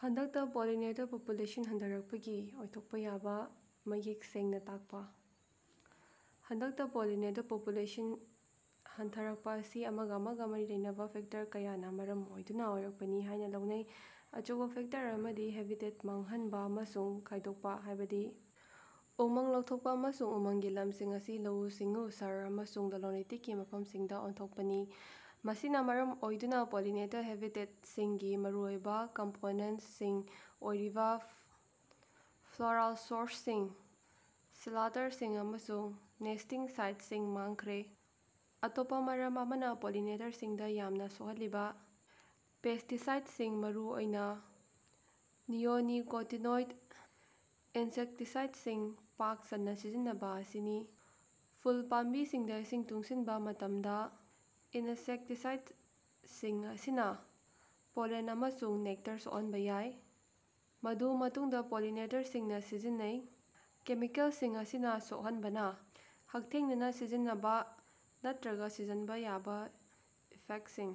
ꯍꯟꯗꯛꯇ pollinator population ꯍꯟꯊꯔꯛꯄꯒꯤ ꯑꯣꯏꯊꯣꯛꯄ ꯌꯥꯕ ꯃꯌꯦꯛ ꯁꯦꯡꯅ ꯇꯥꯛꯄ꯫ ꯍꯟꯗꯛꯇ ꯄꯣꯂꯤꯅꯦꯇꯔ ꯄꯣꯄꯨꯂꯦꯁꯟ ꯍꯟꯊꯔꯛꯄ ꯑꯁꯤ ꯑꯃꯒ ꯑꯃꯒ ꯃꯔꯤ ꯂꯩꯅꯕ ꯐꯦꯛꯇꯔ ꯀꯌꯥꯅ ꯃꯔꯝ ꯑꯣꯏꯗꯨꯅ ꯑꯣꯏꯔꯛꯄꯅꯤ ꯍꯥꯏꯅ ꯂꯧꯅꯩ꯫ ꯑꯆꯧꯕ ꯐꯦꯛꯇꯔ ꯑꯃꯗꯤ ꯍꯦꯕꯤꯇꯦꯠ ꯃꯥꯡꯍꯟꯕ ꯑꯃꯁꯨꯡ ꯈꯥꯏꯗꯣꯛꯄ, ꯍꯥꯢꯕꯗꯤ ꯎꯃꯪ ꯂꯧꯊꯣꯛꯄ ꯑꯃꯁꯨꯡ ꯎꯃꯪꯒꯤ ꯂꯝꯁꯤꯡ ꯑꯁꯤ ꯂꯧꯎ-ꯁꯤꯡꯎ, ꯁꯍꯔ ꯑꯃꯁꯨꯡ ꯂꯂꯣꯟ-ꯏꯇꯤꯛꯀꯤ ꯃꯐꯝꯁꯤꯡꯗ ꯑꯣꯟꯊꯣꯛꯄꯅꯤ꯫ ꯃꯁꯤꯅ ꯃꯔꯝ ꯑꯣꯏꯗꯨꯅ ꯄꯣꯂꯤꯅꯦꯇꯔ ꯍꯥꯏꯕꯦꯇꯁꯤꯡꯒꯤ ꯃꯔꯨꯑꯣꯏꯕ ꯀꯝꯄꯣꯅꯦꯟꯇꯁꯤꯡ ꯑꯣꯏꯔꯤꯕꯥ ꯐ꯭ꯂꯣꯔꯥꯜ ꯁꯣꯔꯁꯁꯤꯡ, ꯁꯦꯂꯇꯔꯁꯤꯡ ꯑꯃꯁꯨꯡ ꯅꯦꯁ꯭ꯇꯤꯡ ꯁꯥꯏꯠꯁꯤꯡ ꯃꯥꯡꯈ꯭ꯔꯦ꯫ ꯑꯇꯣꯞꯄ ꯃꯔꯝ ꯑꯃꯅ ꯄꯣꯂꯤꯅꯦꯇꯔꯁꯤꯡꯗ ꯌꯥꯝꯅ ꯁꯣꯛꯍꯜꯂꯤꯕ ꯄꯦꯁ꯭ꯇꯤꯁꯥꯏꯗꯁꯤꯡ, ꯃꯔꯨꯑꯣꯏꯅꯥ ꯅꯤꯑꯣꯅꯤꯀꯣꯇꯤꯅꯣꯏꯗ ꯏꯟꯁꯦꯛꯇꯤꯁꯥꯏꯗꯁꯤꯡ ꯄꯥꯛ ꯁꯟꯅ ꯁꯤꯖꯤꯟꯅꯕ ꯑꯁꯤꯅꯤ꯫ ꯐꯨꯜ ꯄꯥꯝꯕꯤꯁꯤꯡꯗ ꯏꯁꯤꯡ ꯇꯨꯡꯁꯤꯟꯕ ꯃꯇꯝꯗ ꯏꯅꯁꯦꯛꯇꯤꯁꯥꯏꯗꯁꯤꯡ ꯑꯁꯤꯅ ꯄꯣꯂꯟ ꯑꯃꯁꯨꯡ ꯅꯦꯛꯇꯔ ꯁꯣꯛꯍꯟꯕ ꯌꯥꯏ꯫ ꯃꯗꯨ ꯃꯇꯨꯡꯗ ꯄꯣꯂꯤꯅꯦꯇꯔꯁꯤꯡꯅ ꯁꯤꯖꯤꯟꯅꯩ꯫ ꯀꯦꯃꯤꯀꯦꯜꯁꯤꯡ ꯑꯁꯤꯅ ꯁꯣꯛꯍꯟꯕꯅ ꯍꯛꯊꯦꯡꯅꯅ ꯁꯤꯍꯟꯕ ꯅꯠꯇ꯭ꯔꯒ ꯁꯤꯍꯟꯕ ꯌꯥꯕ ꯏꯐꯦꯛꯇꯁꯤꯡ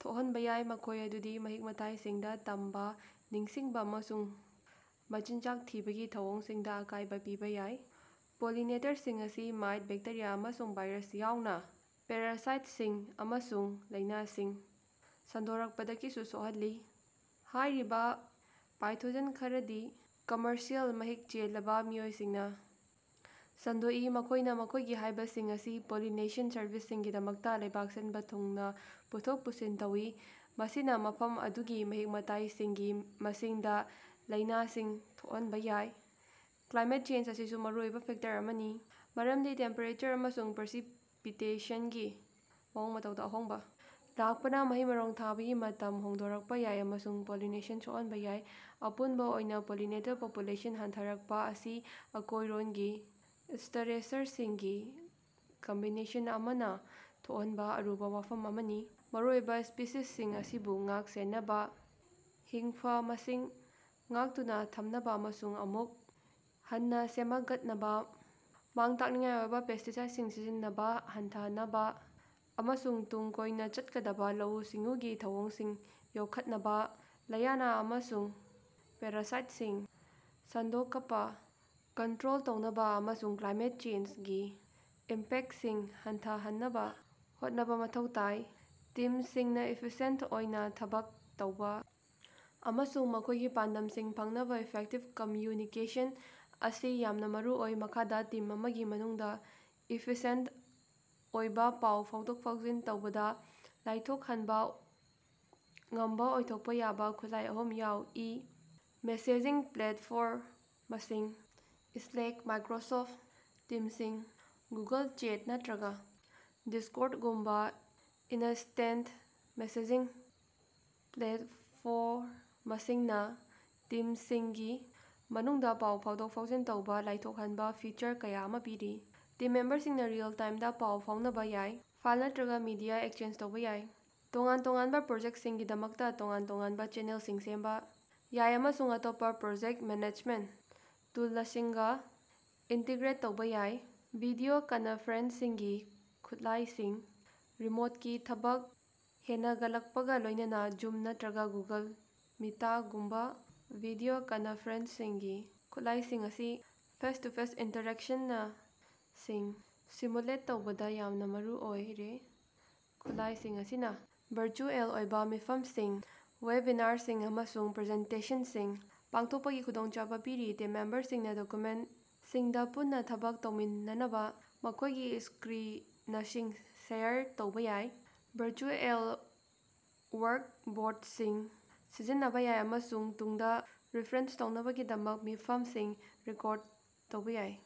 ꯊꯣꯛꯍꯟꯕ ꯌꯥꯏ꯫ ꯃꯈꯣꯏ ꯑꯗꯨꯗꯤ ꯃꯍꯤꯛ-ꯃꯇꯥꯏꯁꯤꯡꯗ ꯇꯝꯕ, ꯅꯤꯡꯁꯤꯡꯕ ꯑꯃꯁꯨꯡ ꯃꯆꯤꯟꯖꯥꯛ ꯊꯤꯕꯒꯤ ꯊꯧꯑꯣꯡꯁꯤꯡꯗ ꯑꯀꯥꯏꯕ ꯄꯤꯕ ꯌꯥꯏ꯫ ꯄꯣꯂꯤꯅꯦꯇ꯭ꯔꯁꯤꯡ ꯑꯁꯤ ꯃꯥꯏꯠ, ꯕꯦꯛꯇꯦꯔꯤꯌꯥ ꯑꯃꯁꯨꯡ ꯚꯥꯏꯔꯁ ꯌꯥꯎꯅ ꯄꯦꯔꯥꯁꯥꯏꯠꯁꯤꯡ ꯑꯃꯁꯨꯡ ꯂꯥꯏꯅꯥꯁꯤꯡ ꯁꯟꯗꯣꯔꯛꯄꯗꯒꯤꯁꯨ ꯁꯣꯛꯍꯜꯂꯤ꯫ ꯍꯥꯏꯔꯤꯕ ꯄꯦꯊꯣꯖꯦꯟ ꯈꯔꯗꯤ ꯀꯝꯃꯔꯁꯤꯑꯦꯜ ꯃꯍꯤꯛ ꯆꯦꯜꯂꯕ ꯃꯤꯑꯣꯏꯁꯤꯡꯅ ꯁꯟꯗꯣꯛꯏ꯫ ꯃꯈꯣꯏꯅ ꯃꯈꯣꯏꯒꯤ ꯍꯥꯏꯕꯁꯤꯡ ꯑꯁꯤ ꯄꯣꯂꯤꯅꯦꯁꯟ ꯁꯔꯚꯤꯁꯁꯤꯡꯒꯤꯗꯃꯛꯇ ꯂꯩꯕꯥꯛ ꯁꯤꯟꯕ ꯊꯨꯡꯅ ꯄꯨꯊꯣꯛ ꯄꯨꯁꯤꯟ ꯇꯧꯏ꯫ ꯃꯁꯤꯅ ꯃꯐꯝ ꯑꯗꯨꯒꯤ ꯃꯍꯤꯛ-ꯃꯇꯥꯏꯁꯤꯡꯒꯤ ꯃꯤꯁꯤꯡꯗ ꯂꯥꯏꯅꯥꯁꯤꯡ ꯊꯣꯛꯍꯟꯕ ꯌꯥꯏ꯫ ꯀ꯭ꯂꯥꯏꯃꯦꯠ ꯆꯦꯟꯖ ꯑꯁꯤꯁꯨ ꯃꯔꯨꯑꯣꯏꯕ ꯐꯦꯛꯇꯔ ꯑꯃꯅꯤ꯫ ꯃꯔꯝꯗꯤ ꯇꯦꯝꯄꯦꯔꯦꯆꯔ ꯑꯃꯁꯨꯡ ꯄ꯭ꯔꯦꯁꯤꯄꯤꯇꯦꯁꯟꯒꯤ ꯃꯑꯣꯡ-ꯃꯇꯧꯗ ꯑꯍꯣꯡꯕ ꯂꯥꯛꯄꯅ ꯃꯍꯩ-ꯃꯔꯣꯡ ꯊꯥꯕꯒꯤ ꯃꯇꯝ ꯍꯣꯡꯗꯣꯛꯄ ꯌꯥꯏ꯫ ꯑꯃꯁꯨꯡ ꯄꯣꯂꯤꯅꯦꯁꯟ ꯁꯣꯛꯍꯟꯕ ꯌꯥꯏ꯫ ꯑꯄꯨꯟꯕ ꯑꯣꯏꯅ ꯄꯣꯂꯤꯅꯦꯇꯔ ꯄꯣꯄꯨꯂꯦꯁꯟ ꯍꯟꯊꯔꯛꯄ ꯑꯁꯤ ꯑꯀꯣꯏꯔꯣꯟꯒꯤ ꯁ꯭ꯇꯔꯦꯁꯔꯁꯤꯡꯒꯤ ꯀꯝꯕꯤꯅꯦꯁꯟ ꯑꯃꯅ ꯊꯣꯛꯍꯟꯕ ꯑꯔꯨꯕ ꯋꯥꯐꯝ ꯑꯃꯅꯤ꯫ ꯃꯔꯨꯑꯣꯏꯕ ꯁ꯭ꯄꯤꯁꯤꯁꯁꯤꯡ ꯑꯁꯤꯕꯨ ꯉꯥꯛ-ꯁꯦꯟꯅꯕ, ꯍꯤꯡꯐꯃꯁꯤꯡ ꯉꯥꯛꯇꯨꯅ ꯊꯝꯅꯕ ꯑꯃꯁꯨꯡ ꯑꯃꯨꯛ ꯍꯟꯅ ꯁꯦꯃꯒꯠꯅꯕ, ꯃꯥꯡ-ꯇꯥꯛꯅꯤꯡꯉꯥꯏ ꯑꯣꯏꯕ ꯄꯦꯁ꯭ꯇꯤꯁꯥꯏꯗꯁꯤꯡ ꯁꯤꯖꯤꯟꯅꯕ ꯍꯟꯊꯍꯟꯅꯕ ꯑꯃꯁꯨꯡ ꯇꯨꯡ ꯀꯣꯏꯅ ꯆꯠꯀꯗꯕ ꯂꯧꯎ-ꯁꯤꯡꯎꯒꯤ ꯊꯧꯑꯣꯡꯁꯤꯡ ꯌꯣꯛꯈꯠꯅꯕ, ꯂꯥꯌꯅꯥ ꯑꯃꯁꯨꯡ ꯄꯦꯔꯥꯁꯥꯏꯠꯁꯤꯡ ꯁꯟꯗꯣꯀꯄꯥ ꯀꯟꯠꯔꯣꯜ ꯇꯧꯅꯕ, ꯑꯃꯁꯨꯡ ꯀ꯭ꯂꯥꯏꯃꯦꯠ ꯆꯦꯟꯖꯒꯤ ꯏꯝꯄꯦꯛꯇꯁꯤꯡ ꯍꯟꯊꯍꯟꯅꯕ ꯍꯣꯠꯅꯕ ꯃꯊꯧ ꯇꯥꯏ꯫ ꯇꯤꯝꯁꯤꯡꯅ ꯏꯐꯤꯁꯤꯌꯦꯟꯇ ꯑꯣꯏꯅ ꯊꯕꯛ ꯇꯧꯕ ꯑꯃꯁꯨꯡ ꯃꯈꯣꯏꯒꯤ ꯄꯥꯟꯗꯝꯁꯤꯡ ꯐꯪꯅꯕ ꯏꯐꯦꯛꯇꯤꯕ ꯀꯝꯝꯌꯨꯅꯤꯀꯦꯁꯟ ꯑꯁꯤ ꯌꯥꯝꯅ ꯃꯔꯨꯑꯣꯏ꯫ ꯃꯈꯥꯗ ꯇꯤꯝ ꯑꯃꯒꯤ ꯃꯅꯨꯡꯗ ꯏꯐꯤꯁꯤꯑꯦꯟꯇ ꯑꯣꯏꯕ ꯄꯥꯎ ꯐꯥꯎꯗꯣꯛ-ꯐꯥꯎꯖꯤꯟ ꯇꯧꯕꯗ ꯂꯥꯏꯊꯣꯛꯍꯟꯕ ꯉꯝꯕ ꯑꯣꯏꯊꯣꯛꯄ ꯌꯥꯕ ꯈꯨꯠꯂꯥꯏ ꯑꯍꯨꯝ ꯌꯥꯎꯏ: ꯃꯦꯁꯦꯖꯤꯡ ꯄ꯭ꯂꯦꯇꯐꯣꯔꯃꯁꯤꯡ: ꯁ꯭ꯂꯦꯛ, ꯃꯥꯏꯀ꯭ꯔꯣꯁꯣꯐꯠ ꯇꯤꯝꯁꯤꯡ, ꯒꯨꯒꯜ ꯆꯦꯠ, ꯅꯠꯇ꯭ꯔꯒ ꯗꯤꯁ꯭ꯀꯣꯔꯗꯒꯨꯝꯕ ꯏꯅꯁ꯭ꯇꯦꯟꯇ ꯃꯦꯁꯦꯖꯤꯡ ꯄ꯭ꯂꯦꯇꯐꯣꯔꯃꯁꯤꯡꯅ ꯇꯤꯝꯁꯤꯡꯒꯤ ꯃꯅꯨꯡꯗ ꯄꯥꯎ ꯐꯥꯎꯗꯣꯛ-ꯐꯥꯎꯖꯤꯟ ꯇꯧꯕꯗ ꯂꯥꯏꯊꯣꯛꯍꯟꯅꯕ ꯐꯤꯆꯔ ꯀꯌꯥ ꯑꯃ ꯄꯤꯔꯤ꯫ ꯇꯤꯝ ꯃꯦꯝꯕꯔꯁꯤꯡꯅ ꯔꯤꯑꯦꯜ-ꯇꯥꯏꯝꯗ ꯄꯥꯎ ꯐꯥꯎꯅꯕ ꯌꯥꯏ꯫ ꯐꯥꯏꯜ ꯅꯠꯇ꯭ꯔꯒ ꯃꯦꯗꯤꯌꯥꯗ ꯑꯦꯛꯁꯆꯦꯟꯖ ꯇꯧꯕ ꯌꯥꯏ꯫ ꯇꯣꯉꯥꯟ ꯇꯣꯉꯥꯟꯕ ꯄ꯭ꯔꯣꯖꯦꯛꯇꯁꯤꯡꯒꯤꯗꯃꯛꯇ ꯇꯣꯉꯥꯟ ꯇꯣꯉꯥꯟꯕ ꯆꯦꯅꯦꯜꯁꯤꯡ ꯁꯦꯝꯕ ꯌꯥꯏ꯫ ꯑꯃꯁꯨꯡ ꯑꯇꯣꯞꯄ ꯄ꯭ꯔꯣꯖꯦꯛꯇ ꯃꯦꯅꯦꯖꯃꯦꯟꯇ ꯇꯨꯂꯁꯤꯡꯒ ꯏꯟꯇꯤꯒ꯭ꯔꯦꯠ ꯇꯧꯕ ꯌꯥꯏ꯫ ꯚꯤꯗꯤꯑꯣ ꯀꯅꯐꯔꯦꯟꯁꯤꯡꯒꯤ ꯈꯨꯠꯂꯥꯢꯁꯤꯡ: ꯔꯤꯃꯣꯠꯀꯤ ꯊꯕꯛ ꯍꯦꯅꯒꯠꯂꯛꯄꯒ ꯂꯣꯏꯅꯅ ꯖꯨꯝ ꯅꯠꯇ꯭ꯔꯒ ꯒꯨꯒꯜ ꯃꯤꯇꯒꯨꯝꯕ ꯚꯤꯗꯤꯑꯣ ꯀꯅꯐꯔꯦꯟꯁꯤꯡꯒꯤ ꯈꯨꯠꯂꯥꯏꯁꯤꯡ ꯑꯁꯤ ꯐꯦꯁ-ꯇꯨ-ꯐꯦꯁ ꯏꯟꯇꯔꯦꯛꯁꯅꯁꯤꯡ ꯁꯤꯃꯨꯂꯦꯠ ꯇꯧꯕꯗ ꯌꯥꯝꯅ ꯃꯔꯨ ꯑꯣꯏꯔꯦ꯫ ꯈꯨꯠꯂꯥꯏꯁꯤꯡ ꯑꯁꯤꯅ ꯚꯔꯆꯨꯑꯦꯜ ꯑꯣꯏꯕ ꯃꯤꯐꯝꯁꯤꯡ, ꯋꯦꯕꯤꯅꯥꯔꯁꯤꯡ, ꯑꯃꯁꯨꯡ ꯄ꯭ꯔꯖꯦꯟꯇꯦꯁꯟꯁꯤꯡ ꯄꯥꯡꯊꯣꯛꯄꯒꯤ ꯈꯨꯗꯣꯡꯆꯥꯕ ꯄꯤꯔꯤ꯫ ꯇꯤꯝ ꯃꯦꯝꯕꯔꯁꯤꯡꯅ ꯗꯣꯀꯨꯃꯦꯟꯇꯁꯤꯡꯗ ꯄꯨꯟꯅ ꯊꯕꯛ ꯇꯧꯃꯤꯟꯅꯅꯕ ꯃꯈꯣꯏꯒꯤ ꯁ꯭ꯀꯔꯤꯅꯁꯤꯡ ꯁꯦꯌꯔ ꯇꯧꯕꯥ ꯌꯥꯏ꯫ ꯚꯔꯆꯨꯑꯦꯜ ꯋꯥꯏꯠꯕꯣꯔꯗꯁꯤꯡ ꯁꯤꯖꯤꯟꯅꯕ ꯌꯥꯏ ꯑꯃꯁꯨꯡ ꯇꯨꯡꯗ ꯔꯤꯐꯔꯦꯟꯁ ꯇꯧꯅꯕꯒꯤꯗꯃꯛ ꯃꯤꯐꯝꯁꯤꯡ ꯔꯦꯀꯣꯔꯗ ꯇꯧꯕ ꯌꯥꯏ꯫